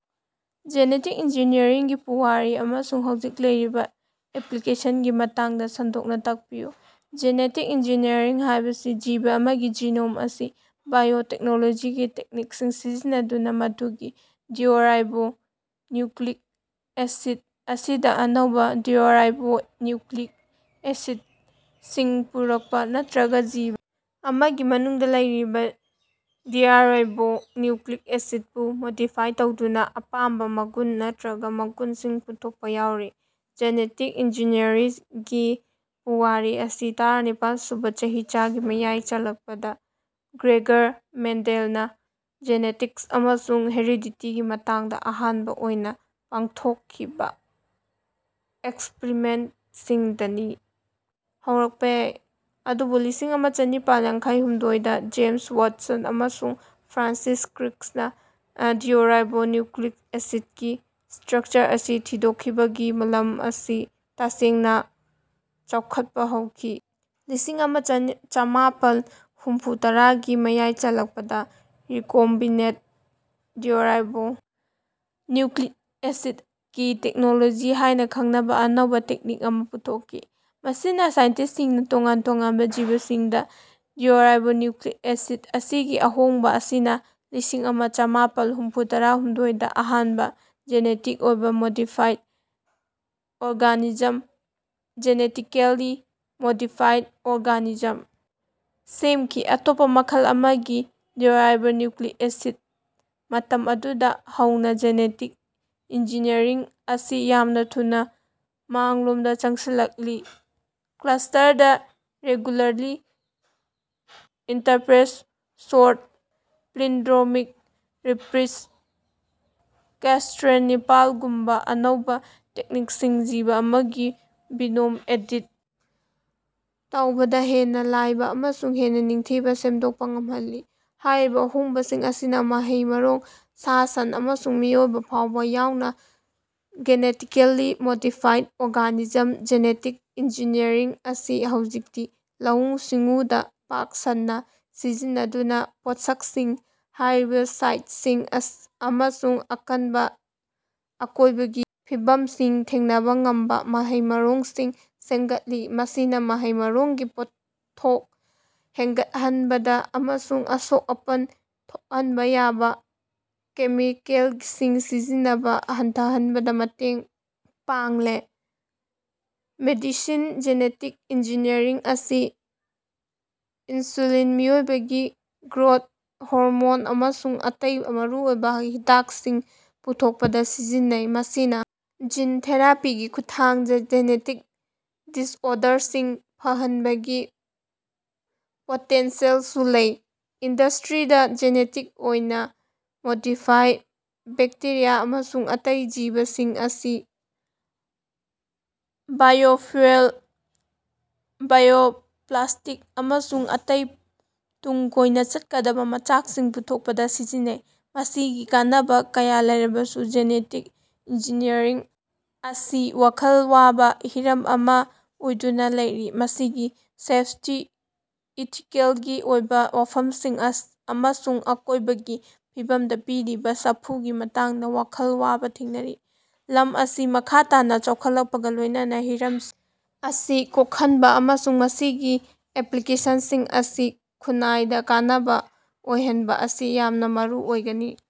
Genetic ꯏꯟꯖꯤꯅꯤꯌꯔꯤꯡꯒꯤ ꯄꯨꯋꯥꯔꯤ ꯑꯃꯁꯨꯡ ꯍꯧꯖꯤꯛ ꯂꯩꯔꯤꯕ ꯑꯦꯄ꯭ꯂꯤꯀꯦꯁꯟꯒꯤ ꯃꯇꯥꯡꯗ ꯁꯟꯗꯣꯛꯅ ꯇꯥꯛꯄꯤꯌꯨ꯫ ꯖꯦꯅꯦꯇꯤꯛ ꯏꯟꯖꯤꯅꯤꯌꯔꯤꯡ ꯍꯥꯏꯕꯁꯤ ꯖꯤꯕ ꯑꯃꯒꯤ ꯖꯤꯅꯣꯝ ꯑꯁꯤ ꯕꯥꯏꯑꯣꯇꯦꯛꯅꯣꯂꯣꯖꯤꯒꯤ ꯇꯦꯛꯅꯤꯛꯁꯤꯡ ꯁꯤꯖꯤꯟꯅꯗꯨꯅ ꯃꯗꯨꯒꯤ ꯗꯤꯑꯣꯔꯥꯏꯕꯣ ꯅ꯭ꯌꯨꯀ꯭ꯂꯤꯛ ꯑꯦꯁꯤꯗ ꯃꯁꯤꯗ ꯑꯅꯧꯕ ꯗꯤꯑꯣꯔꯥꯏꯕꯣ ꯅ꯭ꯌꯨꯀ꯭ꯂꯤꯛ ꯑꯦꯁꯤꯗ ꯁꯤꯡ ꯄꯨꯔꯛꯄ ꯅꯠꯇ꯭ꯔꯒ ꯖꯤꯕ ꯑꯃꯒꯤ ꯃꯅꯨꯡꯗ ꯂꯩꯔꯤꯕ ꯗꯤꯑꯣꯔꯥꯏꯕꯣ ꯅ꯭ꯌꯨꯀ꯭ꯂꯤꯛ ꯑꯦꯁꯤꯗꯕꯨ ꯃꯣꯗꯤꯐꯥꯏ ꯇꯧꯗꯨꯅ ꯑꯄꯥꯝꯕ ꯃꯒꯨꯟ ꯅꯠꯇ꯭ꯔꯒ ꯃꯒꯨꯟꯁꯤꯡ ꯄꯨꯊꯣꯛꯄ ꯌꯥꯎꯔꯤ꯫ ꯖꯦꯅꯦꯇꯤꯛ ꯏꯟꯖꯤꯅꯤꯌꯔꯤꯡꯒꯤ ꯄꯨꯋꯥꯔꯤ ꯑꯁꯤ ꯇꯔꯥꯅꯤꯄꯥꯜ ꯁꯨꯕ ꯆꯍꯤꯆꯥꯒꯤ ꯃꯌꯥꯏ ꯆꯜꯂꯛꯄꯗ ꯒ꯭ꯔꯦꯒꯔ ꯃꯦꯟꯗꯦꯜꯅ ꯖꯦꯅꯦꯇꯤꯛꯁ ꯑꯃꯁꯨꯡ ꯍꯦꯔꯤꯗꯤꯇꯤꯒꯤ ꯃꯇꯥꯡꯗ ꯑꯍꯥꯟꯕ ꯑꯣꯏꯅ ꯄꯥꯡꯊꯣꯛꯈꯤꯕ ꯑꯦꯛꯁꯄ꯭ꯔꯤꯃꯦꯟꯠꯁꯤꯡꯗꯅꯤ ꯍꯧꯔꯛꯄ ꯌꯥꯏ꯫ ꯑꯗꯨꯕꯨ ꯂꯤꯁꯤꯡꯑꯃ ꯆꯥꯅꯤꯄꯥꯜ ꯌꯥꯡꯈꯩ ꯍꯨꯝꯗꯣꯏ ꯗ ꯖꯦꯝꯁ ꯋꯥꯠꯁꯟ ꯑꯃꯁꯨꯡ ꯐ꯭ꯔꯥꯟꯁꯤꯁ ꯀ꯭ꯔꯤꯛꯅ ꯗꯤꯑꯣꯔꯥꯏꯕꯣ ꯅ꯭ꯌꯨꯀ꯭ꯂꯤꯛ ꯑꯦꯁꯤꯗ ꯒꯤ ꯁ꯭ꯇꯔꯛꯆꯔ ꯑꯁꯤ ꯊꯤꯗꯣꯛꯈꯤꯕꯗꯒꯤ ꯂꯝ ꯑꯁꯤ ꯇꯁꯦꯡꯅ ꯆꯥꯎꯈꯠꯄ ꯍꯧꯈꯤ꯫ ꯂꯤꯁꯤꯡꯑꯃ ꯆꯥꯃꯥꯄꯜ ꯍꯨꯝꯐꯨꯇꯔꯥ ꯒꯤ ꯃꯌꯥꯏ ꯆꯜꯂꯛꯄꯗ ꯔꯤꯀꯣꯝꯕꯤꯅꯦꯟꯠ ꯗꯤꯑꯣꯔꯥꯏꯕꯣ ꯅ꯭ꯌꯨꯀ꯭ꯂꯤꯛ ꯑꯦꯁꯤꯗ ꯒꯤ ꯇꯦꯛꯅꯣꯂꯣꯖꯤ ꯍꯥꯏꯅ ꯈꯪꯅꯕ ꯑꯅꯧꯕ ꯇꯦꯛꯅꯤꯛ ꯑꯃ ꯄꯨꯊꯣꯛꯈꯤ, ꯃꯁꯤꯅ ꯁꯥꯏꯟꯇꯤꯁꯁꯤꯡꯅ ꯇꯣꯉꯥꯟ ꯇꯣꯉꯥꯟꯕ ꯖꯤꯕꯁꯤꯡꯗ ꯗꯤꯑꯣꯔꯥꯏꯕꯣ ꯅ꯭ꯌꯨꯀ꯭ꯂꯤꯛ ꯑꯦꯁꯤꯗ ꯃꯁꯤꯒꯤ ꯑꯍꯣꯡꯕ ꯑꯁꯤꯅ ꯂꯤꯁꯤꯡꯑꯃ ꯆꯥꯃꯥꯄꯜ ꯍꯨꯝꯐꯨꯇꯔꯥꯍꯨꯝꯗꯣꯏ ꯗ ꯑꯍꯥꯟꯕ ꯖꯦꯅꯦꯇꯤꯛ ꯑꯣꯏꯅ modified organism (genetically modified organism) ꯁꯦꯝꯈꯤ ꯑꯇꯣꯞꯄ ꯃꯈꯜ ꯑꯃꯒꯤ ꯗꯤꯑꯣꯔꯥꯏꯕꯣ ꯅ꯭ꯌꯨꯀ꯭ꯂꯤꯛ ꯑꯦꯁꯤꯗ ꯃꯇꯝ ꯑꯗꯨꯗꯒꯤ ꯍꯧꯅ ꯖꯦꯅꯦꯇꯤꯛ ꯏꯟꯖꯤꯅꯤꯌꯔꯤꯡ ꯑꯁꯤ ꯌꯥꯝꯅ ꯊꯨꯅ ꯃꯥꯡꯂꯣꯝꯗ ꯆꯪꯁꯤꯜꯂꯛꯂꯤ, ꯀ꯭ꯂꯁꯇꯔꯗ regularly interspaced short palindromic repeats, ꯀꯦ- ꯁ꯭ꯇꯔꯦꯟ ꯅꯤꯄꯥꯜ ꯒꯨꯝꯕ ꯑꯅꯧꯕ ꯇꯦꯛꯅꯤꯛꯁꯤꯡꯅ ꯖꯤꯕ ꯑꯃꯒꯤ ꯖꯤꯅꯣꯝ ꯑꯦꯗꯤꯠ ꯇꯧꯕꯗ ꯍꯦꯟꯅ ꯂꯥꯏꯕ ꯑꯃꯁꯨꯡ ꯍꯦꯟꯅ ꯅꯤꯡꯊꯤꯅ ꯁꯦꯝꯗꯣꯛꯄ ꯉꯝꯍꯜꯂꯦ꯫ ꯍꯥꯏꯔꯤꯕ ꯑꯍꯣꯡꯕꯁꯤꯡ ꯑꯁꯤꯅ ꯃꯍꯩ-ꯃꯔꯣꯡ, ꯁꯥ-ꯁꯟ, ꯑꯃꯁꯨꯡ ꯃꯤꯑꯣꯏꯕ ꯐꯥꯎꯕ ꯌꯥꯎꯅ genetically modified organism genetic engineering ꯑꯁꯤ ꯍꯧꯖꯤꯛꯇꯤ ꯂꯧꯎ-ꯁꯤꯡꯎꯗ ꯄꯥꯛ ꯁꯟꯅ ꯁꯤꯖꯤꯟꯅꯗꯨꯅ ꯄꯣꯠꯁꯛꯁꯤꯡ, ꯍꯥꯔꯕꯤꯁꯥꯏꯗꯁꯤꯡ ꯑꯃꯁꯨꯡ ꯑꯀꯟꯕ ꯑꯀꯣꯏꯕꯒꯤ ꯐꯤꯕꯝꯁꯤꯡ ꯊꯦꯡꯅꯕ ꯉꯝꯕ ꯃꯍꯩ-ꯃꯔꯣꯡꯁꯤꯡ ꯁꯦꯝꯒꯠꯂꯤ꯫ ꯃꯁꯤꯅ ꯃꯍꯩ-ꯃꯔꯣꯡꯒꯤ ꯄꯣꯠꯊꯣꯛ ꯍꯦꯟꯒꯠꯍꯟꯕꯗ ꯑꯃꯁꯨꯡ ꯑꯁꯣꯛ-ꯑꯄꯟ ꯊꯣꯛꯍꯟꯕ ꯌꯥꯕ ꯀꯦꯃꯤꯀꯦꯜꯁꯤꯡ ꯁꯤꯖꯤꯟꯅꯕ ꯍꯟꯊꯍꯟꯕꯗ ꯃꯇꯦꯡ ꯄꯥꯡꯂꯦ꯫ ꯃꯦꯗꯤꯁꯤꯟ ꯖꯦꯅꯦꯇꯤꯛ ꯏꯟꯖꯤꯅꯤꯌꯔꯤꯡ ꯑꯁꯤ ꯏꯟꯁꯨꯂꯤꯟ, ꯃꯤꯑꯣꯏꯕꯒꯤ ꯒ꯭ꯔꯣꯊ ꯍꯣꯔꯃꯣꯟ ꯑꯃꯁꯨꯡ ꯑꯇꯩ ꯃꯔꯨꯑꯣꯏꯕ ꯍꯤꯗꯥꯛꯁꯤꯡ ꯄꯨꯊꯣꯛꯄꯗ ꯁꯤꯖꯤꯟꯅꯩ꯫ ꯃꯁꯤꯅ ꯖꯤꯟ ꯊꯦꯔꯥꯄꯤꯒꯤ ꯈꯨꯠꯊꯥꯡꯗ ꯖꯦꯅꯦꯇꯤꯛ ꯗꯤꯁꯑꯣꯔꯗꯔꯁꯤꯡ ꯐꯍꯟꯕꯒꯤ ꯄꯣꯇꯦꯟꯁꯤꯌꯦꯜꯁꯨ ꯂꯩ꯫ ꯏꯟꯗꯁꯇ꯭ꯔꯤꯗ, ꯖꯤꯅꯦꯇꯤꯛ ꯑꯣꯏꯅ ꯃꯣꯗꯤꯐꯥꯏꯗ ꯕꯦꯛꯇꯦꯔꯤꯌꯥ ꯑꯃꯁꯨꯡ ꯑꯇꯩ ꯖꯤꯕꯁꯤꯡ ꯑꯁꯤ ꯕꯥꯏꯑꯣꯐ꯭ꯌꯨꯑꯦꯜ, ꯕꯥꯏꯑꯣꯄ꯭ꯂꯥꯁꯇꯤꯛ, ꯑꯃꯁꯨꯡ ꯑꯇꯩ ꯇꯨꯡ ꯀꯣꯏꯅ ꯆꯠꯀꯗꯕ ꯃꯆꯥꯛꯁꯤꯡ ꯄꯨꯊꯣꯛꯄꯗ ꯁꯤꯖꯤꯟꯅꯩ꯫ ꯃꯁꯤꯒꯤ ꯀꯥꯟꯅꯕ ꯀꯌꯥ ꯂꯩꯔꯕꯁꯨ, ꯖꯦꯅꯦꯇꯤꯛ ꯏꯟꯖꯤꯅꯤꯌꯔꯤꯡ ꯑꯁꯤ ꯋꯥꯈꯜ ꯋꯥꯕ ꯍꯤꯔꯝ ꯑꯃ ꯑꯣꯏꯗꯨꯅ ꯂꯩꯔꯤ, ꯃꯁꯤꯒꯤ ꯁꯦꯐꯇꯤ, ꯏꯊꯤꯀꯦꯜꯒꯤ ꯑꯣꯏꯕ ꯋꯥꯐꯝꯁꯤꯡ ꯑꯃꯁꯨꯡ ꯑꯀꯣꯏꯕꯒꯤ ꯐꯤꯕꯝꯗ ꯄꯤꯔꯤꯕ ꯁꯥꯐꯨꯒꯤ ꯃꯇꯥꯡꯗ ꯋꯥꯈꯜ ꯋꯥꯕ ꯊꯦꯡꯅꯔꯤ꯫ ꯂꯝ ꯑꯁꯤ ꯃꯈꯥ ꯇꯥꯅ ꯆꯥꯎꯈꯠꯂꯛꯄꯒ ꯂꯣꯏꯅꯅ ꯍꯤꯔꯝꯁꯤꯡ ꯑꯁꯤ ꯀꯣꯛꯍꯟꯕ ꯑꯃꯁꯨꯡ ꯃꯁꯤꯒꯤ ꯑꯦꯄ꯭ꯂꯤꯀꯦꯁꯟꯁꯤꯡ ꯑꯁꯤ ꯈꯨꯟꯅꯥꯏꯗ ꯀꯥꯟꯅꯕ ꯑꯣꯏꯍꯟꯕ ꯑꯁꯤ ꯌꯥꯝꯅ ꯃꯔꯨ ꯑꯣꯏꯒꯅꯤ꯫